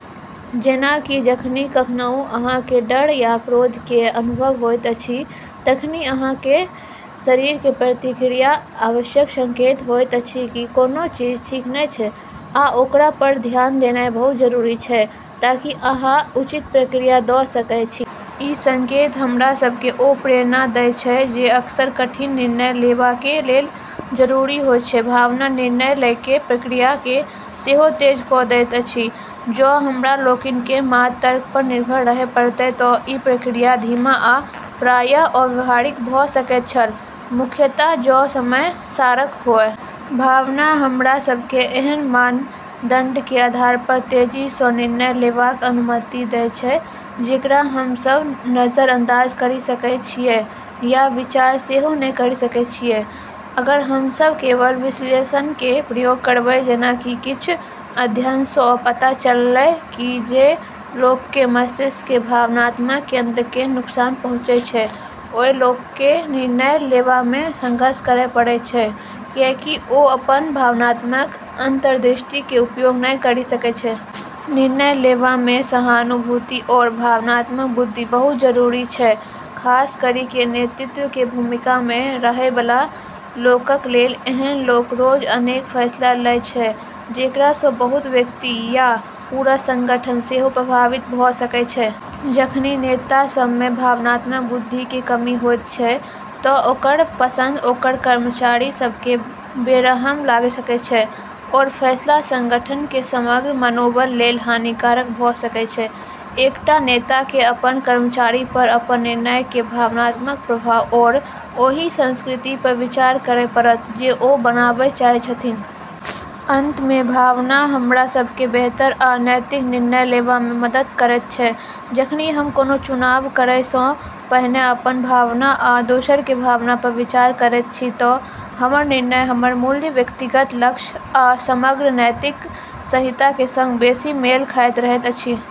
जेना कि जखनि कखनऊ अहाँके डर या क्रोधके अनुभव होइत अछि, तखनि अहाँके शरीरके प्रतिक्रिया आवश्यक संकेत होइत अछि कि कोनो चीज ठीक नहि छै, आ ओकरा पर ध्यान देनाइ बहुत जरूरी छै ताकि अहाँ उचित प्रतिक्रिया द' सकय छी । ई संकेत हमरा सबके ओ प्रेरणा दै छै जे अक्सर कठिन निर्णय लेबाके लेल जरूरी होइ छै। भावना निर्णय लैके प्रक्रियाके सेहो तेज क' दैत अछि। जँ हमरा लोकनिकेँ मात्र तर्क पर निर्भर रहय पड़ितय त' ई प्रक्रिया धीमा आ प्रायः अव्यावहारिक भ' सकैत छल, मुख्यतः जँ समय सारक हुए । भावना हमरा सबके एहन मानदंडके आधार पर तेजीसँ निर्णय लेबाक अनुमति दै छै जेकरा हमसब नजरअंदाज करि सकै छियै या विचार सेहो नहि करि सकै छियै अगर हमसब केवल विश्लेषणके प्रयोग करबै। जेना कि किछ अध्ययनसँ पता चललै कि जे लोकके मस्तिष्क केर भावनात्मक केंद्रके नुकसान पहुँचै छै, ओइ लोकके निर्णय लेबामे संघर्ष करै पड़ै छै, किएकि ओ अपन भावनात्मक अंतर्दृष्टिके उपयोग नहि करि सकै छै। निर्णय लेबामे सहानुभूति आओर भावनात्मक बुद्धि बहुत जरूरी छै, खास करिके नेतृत्वके भूमिकामे रहैबला लोकक लेल । एहन लोक रोज अनेक फैसला लै छै जेकरासँ बहुत व्यक्ति या पूरा संगठन सेहो प्रभावित भ' सकै छै। जखनि नेता सबमे भावनात्मक बुद्धिके कमी होइत छै त' ओकर पसंद ओकर कर्मचारी सबके बेरहम लागि सकै छै, आओर फैसला संगठन केर समग्र मनोबल लेल हानिकारक भ' सकै छै। एकटा नेताके अपन कर्मचारी पर अपन निर्णयके भावनात्मक प्रभाव आओर ओहि संस्कृति पर विचार करय पड़त जे ओ बनाबै चाहय छथिन । अंत मे, भावना हमरा सबके बेहतर आ नैतिक निर्णय लेबामे मदद करैत छै। जखनि हम कोनो चुनाव करयसँ पहिने अपन भावना आ दोसरके भावना पर विचार करैत छी त' हमर निर्णय हमर मूल्य, व्यक्तिगत लक्ष्य आ समग्र नैतिक संहिताके सङ्ग बेशी मेल खाइत रहैत अछि ।